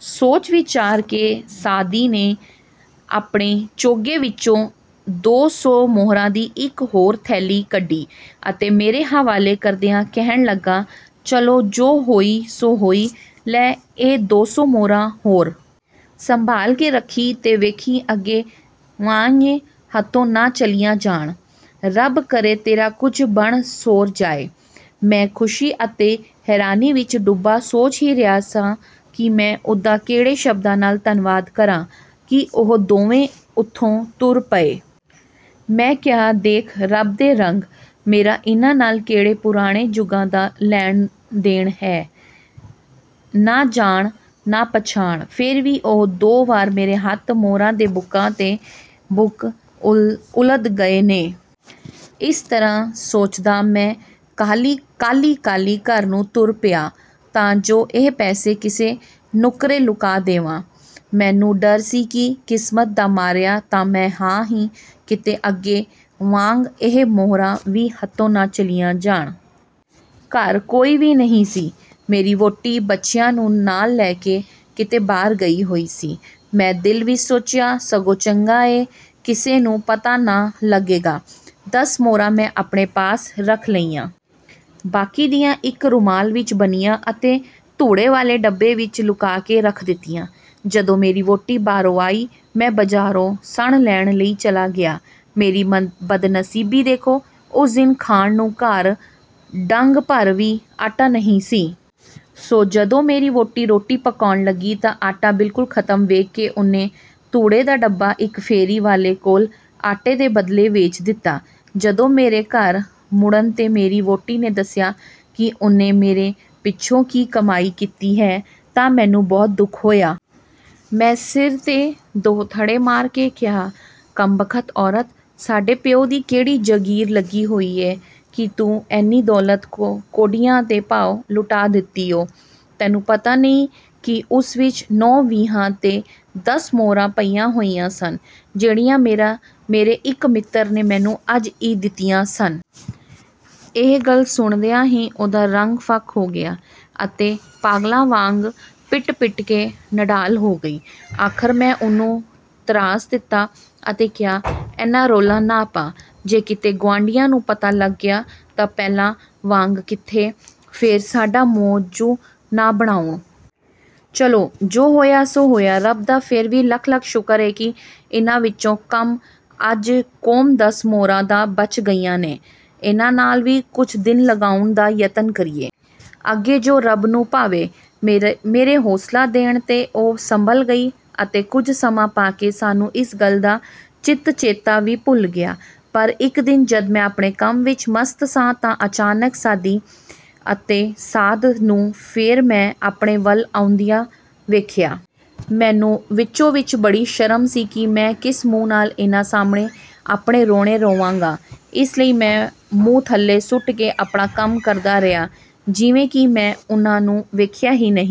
ਸੋਚ ਵਿਚਾਰ ਕੇ ਸਾਆਦੀ ਨੇ ਆਪਣੇ ਚੋਗੇ ਵਿਚੋਂ ਦੋ ਸੌ ਮੁਹਰਾਂ ਦੀ ਇਕ ਹੋਰ ਥੈਲੀ ਕੱਢੀ ਅਤੇ ਮੇਰੇ ਹਵਾਲੇ ਕਰਦਿਆਂ ਕਹਿਣ ਲੱਗਾ, "ਚਲੋ ਜੋ ਹੋਈ ਸੋ ਹੋਈ। ਲੈ ਇਹ ਦੋ ਸੌ ਮੁਹਰਾਂ ਹੋਰ। ਸੰਭਾਲ ਕੇ ਰਖੀਂ ਤੇ ਵੇਖੀਂ ਅਗੇ ਵਾਂਙ ਹੱਥੋਂ ਨਾ ਚਲੀਆਂ ਜਾਣ। ਰੱਬ ਕਰੇ ਤੇਰਾ ਕੁਝ ਬਣ ਸੌਰ ਜਾਏ! " ਮੈਂ ਖ਼ੁਸ਼ੀ ਅਤੇ ਹੈਰਾਨੀ ਵਿਚ ਡੁੱਬਾ ਸੋਚ ਹੀ ਰਿਹਾ ਸਾਂ ਕਿ ਮੈਂ ਉਹਦਾ ਕਿਹੜੇ ਸ਼ਬਦਾਂ ਨਾਲ ਧੰਨਵਾਦ ਕਰਾਂ ਕਿ ਉਹ ਦੋਵੇਂ ਉਥੋਂ ਤੁਰ ਪਏ। ਮੈਂ ਕਿਹਾ, ਦੇਖ ਰਬ ਦੇ ਰੰਗ! ਮੇਰਾ ਇਹਨਾਂ ਨਾਲ ਕਿਹੜੇ ਪੁਰਾਣੇ ਜੁਗਾਂ ਦਾ ਲੈਣ ਦੇਣ ਏ! ਨਾ ਜਾਣ, ਨਾ ਪਛਾਣ, ਫੇਰ ਵੀ ਉਹ ਦੋ ਵਾਰ ਮੇਰੇ ਹੱਥ ਮੁਹਰਾਂ ਦੇ ਬੁੱਕਾਂ ਦੇ ਬੁੱਕ ਉਲੱਦ ਗਏ ਨੇ! " ਇਸ ਤਰ੍ਹਾਂ ਸੋਚਦਾ ਮੈਂ ਕਾਹਲੀ ਕਾਹਲੀ ਘਰ ਨੂੰ ਤੁਰ ਪਿਆ ਤਾਂ ਜੋ ਇਹ ਪੈਸੇ ਕਿਸੇ ਨੁੱਕਰੇ ਲੁਕਾ ਦੇਵਾਂ। ਮੈਨੂੰ ਡਰ ਸੀ ਕਿ ਕਿਸਮਤ ਦਾ ਮਾਰਿਆ ਤਾਂ ਮੈਂ ਹਾਂ ਹੀ, ਕਿਤੇ ਅੱਗੇ ਵਾਂਙ ਇਹ ਮੁਹਰਾਂ ਵੀ ਹੱਥੋਂ ਨ ਚਲੀਆਂ ਜਾਣ। ਘਰ ਕੋਈ ਵੀ ਨਹੀਂ ਸੀ। ਮੇਰੀ ਵਹੁਟੀ ਬੱਚਿਆਂ ਨੂੰ ਨਾਲ ਲੈ ਕੇ ਕਿਤੇ ਬਾਹਰ ਗਈ ਹੋਈ ਸੀ। ਮੈਂ ਦਿਲ ਵਿਚ ਸੋਚਿਆ, ਸਗੋਂ ਚੰਗਾ ਏ ਕਿਸੇ ਨੂੰ ਪਤਾ ਨ ਲਗੇਗਾ! ਦਸ ਮੁਹਰਾਂ ਮੈਂ ਆਪਣੇ ਪਾਸ ਰਖ ਲਈਆਂ। ਬਾਕੀ ਦੀਆਂ ਇਕ ਰੁਮਾਲ ਵਿਚ ਬੰਨ੍ਹੀਆਂ ਅਤੇ ਧੂੜੇ ਵਾਲੇ ਡੱਬੇ ਵਿਚ ਲੁਕਾ ਕੇ ਰੱਖ ਦਿੱਤੀਆਂ। ਜਦੋਂ ਮੇਰੀ ਵਹੁਟੀ ਬਾਹਰੋਂ ਆਈ, ਮੈਂ ਬਜ਼ਾਰੋਂ ਸਣ ਲੈਣ ਲਈ ਚਲਾ ਗਿਆ। ਮੇਰੀ ਬਦਨਸੀਬੀ ਵੇਖੋ! ਉਸ ਦਿਨ ਖਾਣ ਨੂੰ ਘਰ ਡੰਗ ਭਰ ਵੀ ਆਟਾ ਨਹੀਂ ਸੀ। ਸੋ ਜਦੋਂ ਮੇਰੀ ਵਹੁਟੀ ਰੋਟੀ ਪਕਾਉਣ ਲੱਗੀ ਤਾਂ ਆਟਾ ਬਿਲਕੁਲ ਖ਼ਤਮ ਵੇਖ ਕੇ ਉਹਨੇ ਧੂੜੇ ਦਾ ਡੱਬਾ ਇਕ ਫੇਰੀ ਵਾਲੇ ਕੋਲ ਆਟੇ ਦੇ ਬਦਲੇ ਵੇਚ ਦਿੱਤਾ। ਜਦੋਂ ਮੇਰੇ ਘਰ ਮੁੜਨ ਤੇ ਮੇਰੀ ਵਹੁਟੀ ਨੇ ਦਸਿਆ ਕਿ ਉਹਨੇ ਮੇਰੇ ਪਿਛੋਂ ਕੀ ਕਮਾਈ ਕੀਤੀ ਹੈ ਤਾਂ ਮੈਨੂੰ ਬਹੁਤ ਦੁਖ ਹੋਇਆ। ਮੈਂ ਸਿਰ ਤੇ ਦੋਹੱਥੜੇ ਮਾਰ ਕੇ ਕਿਹਾ, "ਕਮਬਖ਼ਤ ਔਰਤ! ਸਾਡੇ ਪਿਉ ਦੀ ਕਿਹੜੀ ਜਗੀਰ ਲੱਗੀ ਹੋਈ ਏ ਕਿ ਤੂੰ ਐਨੀ ਦੌਲਤ ਕੌਡੀਆਂ ਦੇ ਭਾਅ ਲੁਟਾ ਦਿੱਤੀ ਊ। ਤੈਨੂੰ ਪਤਾ ਨਹੀਂ ਕਿ ਉਸ ਵਿਚ ਨੌ ਵੀਹਾਂ ਤੇ ਦਸ ਮੁਹਰਾਂ ਪਈਆਂ ਹੋਈਆਂ ਸਨ ਜਿਹੜੀਆਂ ਮੇਰੇ ਇਕ ਮਿੱਤਰ ਨੇ ਮੈਨੂੰ ਅੱਜ ਈ ਦਿੱਤੀਆਂ ਸਨ! " ਇਹ ਗੱਲ ਸੁਣਦਿਆਂ ਹੀ ਉਹਦਾ ਰੰਗ ਫੱਕ ਹੋ ਗਿਆ ਅਤੇ ਪਾਗਲਾਂ ਵਾਂਙ ਪਿਟ ਪਿਟ ਕੇ ਨਢਾਲ ਹੋ ਗਈ। ਆਖ਼ਰ ਮੈਂ ਉਹਨੂੰ ਧਰਾਸ ਦਿਤਾ ਅਤੇ ਕਿਹਾ, "ਐਨਾ ਰੌਲਾ ਨਾ ਪਾ। ਜੇ ਕਿਤੇ ਗਵਾਂਢੀਆਂ ਨੂੰ ਪਤਾ ਲੱਗ ਗਿਆ ਤਾਂ ਪਹਿਲਾਂ ਵਾਂਙ ਕਿਤੇ ਫੇਰ ਸਾਡਾ ਮੌਜੂ ਨ ਬਣਾਉਣ। ਚਲੋ ਜੋ ਹੋਇਆ ਸੋ ਹੋਇਆ! ਰੱਬ ਦਾ ਫੇਰ ਵੀ ਲੱਖ ਲੱਖ ਸ਼ੁਕਰ ਏ ਕਿ ਇਹਨਾਂ ਵਿੱਚੋਂ ਕਮ ਅਜ਼ ਕੋਮ ਦਸ ਮੁਹਰਾਂ ਤਾਂ ਬਚ ਗਈਆਂ ਨੇ। ਇਹਨਾਂ ਨਾਲ ਵੀ ਕੁਝ ਦਿਨ ਲੰਘਾਉਣ ਦਾ ਯਤਨ ਕਰੀਏ। ਅਗੇ ਜੋ ਰੱਬ ਨੂੰ ਭਾਵੇ! " ਮੇਰੇ ਹੌਸਲਾ ਦੇਣ ਤੇ ਉਹ ਸੰਭਲ ਗਈ ਅਤੇ ਕੁਝ ਸਮਾਂ ਪਾ ਕੇ ਸਾਨੂੰ ਇਸ ਗਲ ਦਾ ਚਿਤ ਚੇਤਾ ਵੀ ਭੁਲ ਗਿਆ। ਪਰ ਇਕ ਦਿਨ ਜਦ ਮੈਂ ਆਪਣੇ ਕੰਮ ਵਿਚ ਮਸਤ ਸਾਂ ਤਾਂ ਅਚਾਨਕ ਸਾਅਦੀ ਅਤੇ ਸਾਅਦ ਨੂੰ ਫੇਰ ਮੈਂ ਆਪਣੇ ਵਲ ਆਉਂਦਿਆਂ ਵੇਖਿਆ। ਮੈਨੂੰ ਵਿੱਚੋ ਵਿਚ ਬੜੀ ਸ਼ਰਮ ਸੀ ਕਿ ਮੈਂ ਕਿਸ ਮੂੰਹ ਨਾਲ ਇਹਨਾਂ ਸਾਹਮਣੇ ਆਪਣੇ ਰੋਣੇ ਰੋਵਾਂਗਾ। ਇਸ ਲਈ ਮੈਂ ਮੂੰਹ ਥੱਲੇ ਸੁੱਟ ਕੇ ਆਪਣਾ ਕੰਮ ਕਰਦਾ ਰਿਹਾ ਜਿਵੇਂ ਕਿ ਮੈਂ ਉਹਨਾਂ ਨੂੰ ਵੇਖਿਆ ਹੀ ਨਹੀਂ।